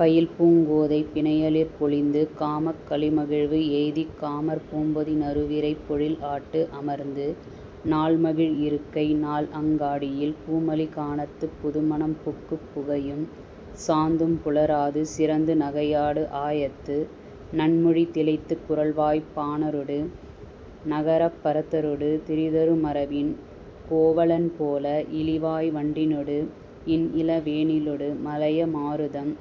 பயில்பூங் கோதைப் பிணையலிற் பொலிந்து காமக் களிமகிழ்வு எய்திக் காமர் பூம்பொதி நறுவிரைப் பொழில்ஆட்டு அமர்ந்து நாள்மகிழ் இருக்கை நாள்அங் காடியில் பூமலி கானத்துப் புதுமணம் புக்குப் புகையும் சாந்தும் புலராது சிறந்து நகையாடு ஆயத்து நன்மொழி திளைத்துக் குரல்வாய்ப் பாணரொடு நகரப் பரத்தரொடு திரிதரு மரபின் கோவலன் போல இளிவாய் வண்டினொடு இன்இள வேனிலொடு மலய மாருதம்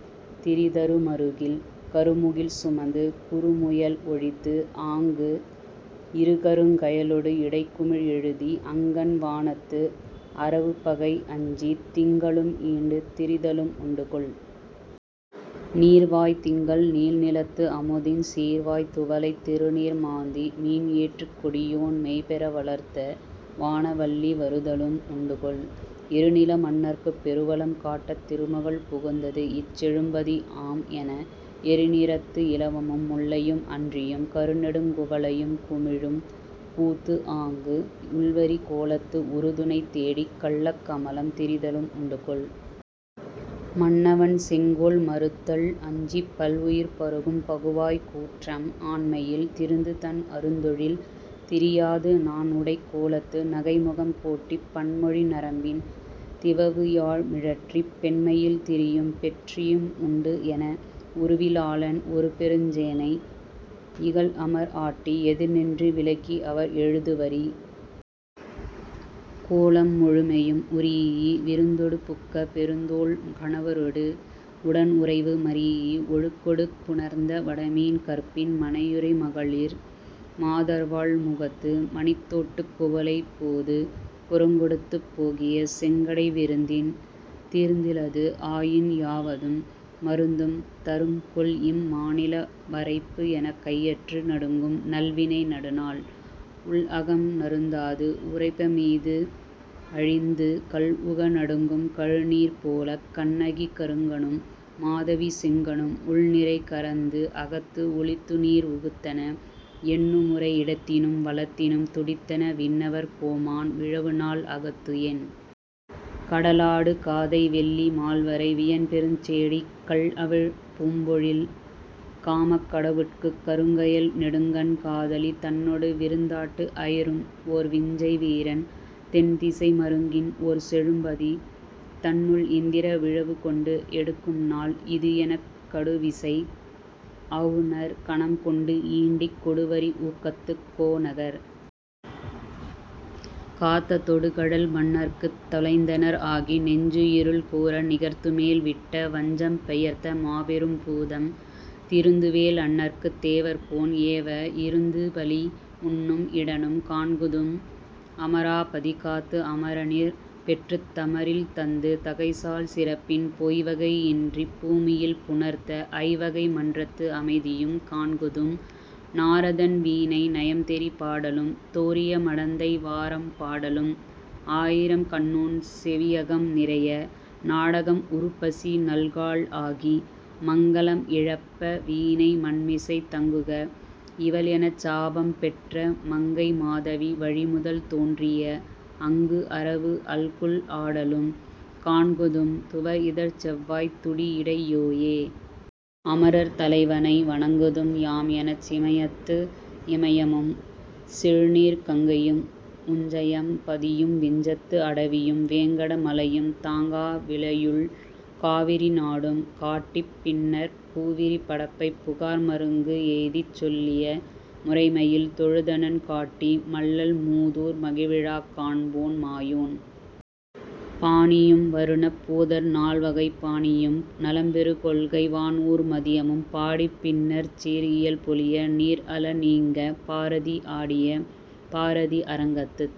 திரிதரு மறுகில், கருமுகில் சுமந்து குறுமுயல் ஒழித்துஆங்கு இருகருங் கயலொடு இடைக்குமிழ் எழுதி அங்கண் வானத்து அரவுப்பகை அஞ்சித் திங்களும் ஈண்டுத் திரிதலும் உண்டுகொல். நீர்வாய் திங்கள் நீள்நிலத்து அமுதின் சீர்வாய் துவலைத் திருநீர் மாந்தி மீன்ஏற்றுக் கொடியோன் மெய்பெற வளர்த்த வான வல்லி வருதலும் உண்டுகொல். இருநில மன்னற்குப் பெருவளம் காட்டத் திருமகள் புகுந்ததுஇச் செழும்பதி ஆம்என எரிநிறத்து இலவமும் முல்லையும் அன்றியும் கருநெடுங் குவளையும் குமிழும் பூத்துஆங்கு உள்வரி கோலத்து உறுதுணை தேடிக் கள்ளக் கமலம் திரிதலும் உண்டுகொல். மன்னவன் செங்கோல் மறுத்தல் அஞ்சிப் பல்உயிர் பருகும் பகுவாய்க் கூற்றம் ஆண்மையில் திரிந்துதன் அருந்தொழில் திரியாது நாண்உடைக் கோலத்து நகைமுகம் கோட்டிப் பண்மொழி நரம்பின் திவவுயாழ் மிழற்றிப் பெண்மையில் திரியும் பெற்றியும் உண்டுஎன, உருவி லாளன் ஒருபெருஞ் சேனை இகல்அமர் ஆட்டி எதிர்நின்று விலக்கிஅவர் எழுதுவரி கோலம் முழுமெயும் உறீஇ விருந்தொடு புக்க பெருந்தோள் கணவரொடு உடன்உறைவு மரீஇ ஒழுக்கொடு புணர்ந்த வடமீன் கற்பின் மனையுறை மகளிர் மாதர்வாள் முகத்து மணித்தோட்டுக் குவளைப் போது புறங்கொடுத்துப் போகிய செங்கடை விருந்தின் தீர்ந்திலது ஆயின் யாவதும் மருந்தும் தரும்கொல்இம் மாநில வரைப்புஎனக் கையற்று நடுங்கும் நல்வினை நடுநாள்: உள்அகம் நறுந்தாது உறைப்பமீது அழிந்து கள்உக நடுங்கும் கழுநீர் போலக் கண்ணகி கருங்கணும் மாதவி செங்கணும் உள்நிறை கரந்துஅகத்து ஒளித்துநீர் உகுத்தன எண்ணுமுறை இடத்தினும் வலத்தினும் துடித்தன விண்ணவர் கோமான் விழவுநாள் அகத்துஎன்.. கடலாடு காதை வெள்ளி மால்வரை வியன்பெருஞ் சேடிக் கள்அவிழ் பூம்பொழில் காமக் கடவுட்குக் கருங்கயல் நெடுங்கண் காதலி தன்னொடு விருந்தாட்டு அயரும்ஓர் விஞ்சை வீரன் தென்திசை மருங்கின்ஓர் செழும்பதி தன்னுள் இந்திர விழவுகொண்டு எடுக்கும்நாள் இதுஎனக் கடுவிசை அவுணர் கணம்கொண்டு ஈண்டிக் கொடுவரி ஊக்கத்துக் கோநகர் காத்த தொடுகழல் மன்னற்குத் தொலைந்தனர் ஆகி நெஞ்சுஇருள் கூர நிகர்த்துமேல் விட்ட வஞ்சம் பெயர்த்த மாபெரும் பூதம் திருந்துவேல் அண்ணற்குத் தேவர்கோன் ஏவ இருந்துபலி உண்ணும் இடனும் காண்குதும், அமரா பதிகாத்து அமரனிற் பெற்றுத் தமரில் தந்து தகைசால் சிறப்பின் பொய்வகை இன்றிப் பூமியில் புணர்த்த ஐவகை மன்றத்து அமைதியும் காண்குதும், நாரதன் வீணை நயம்தெரி பாடலும் தோரிய மடந்தை வாரம் பாடலும் ஆயிரம் கண்ணோன் செவியகம் நிறைய நாடகம் உருப்பசி நல்காள் ஆகி மங்கலம் இழப்ப வீணை மண்மிசைத் தங்குக இவள்எனச் சாபம் பெற்ற மங்கை மாதவி வழிமுதல் தோன்றிய அங்குஅரவு அல்குல் ஆடலும் காண்குதும், துவர்இதழ்ச் செவ்வாய்த் துடிஇடை யோயே. அமரர் தலைவனை வணங்குதும் யாம்எனச் சிமையத்து இமையமும் செழுநீர்க் கங்கையும் உஞ்சையம் பதியும் விஞ்சத்து அடவியும் வேங்கட மலையும் தாங்கா விளையுள் காவிரி நாடும் காட்டிப் பின்னர்ப் பூவிரி படப்பைப் புகார்மருங்கு எய்திச் சொல்லிய முறைமையில் தொழுதனன் காட்டி மல்லல் மூதூர் மகிழ்விழாக் காண்போன் மாயோன் பாணியும் வருணப் பூதர் நால்வகைப் பாணியும் நலம்பெறு கொள்கை வான்ஊர் மதியமும் பாடிப் பின்னர்ச் சீர்இயல் பொலிய நீர்அல நீங்கப் பாரதி ஆடிய பாரதி அரங்கத்துத்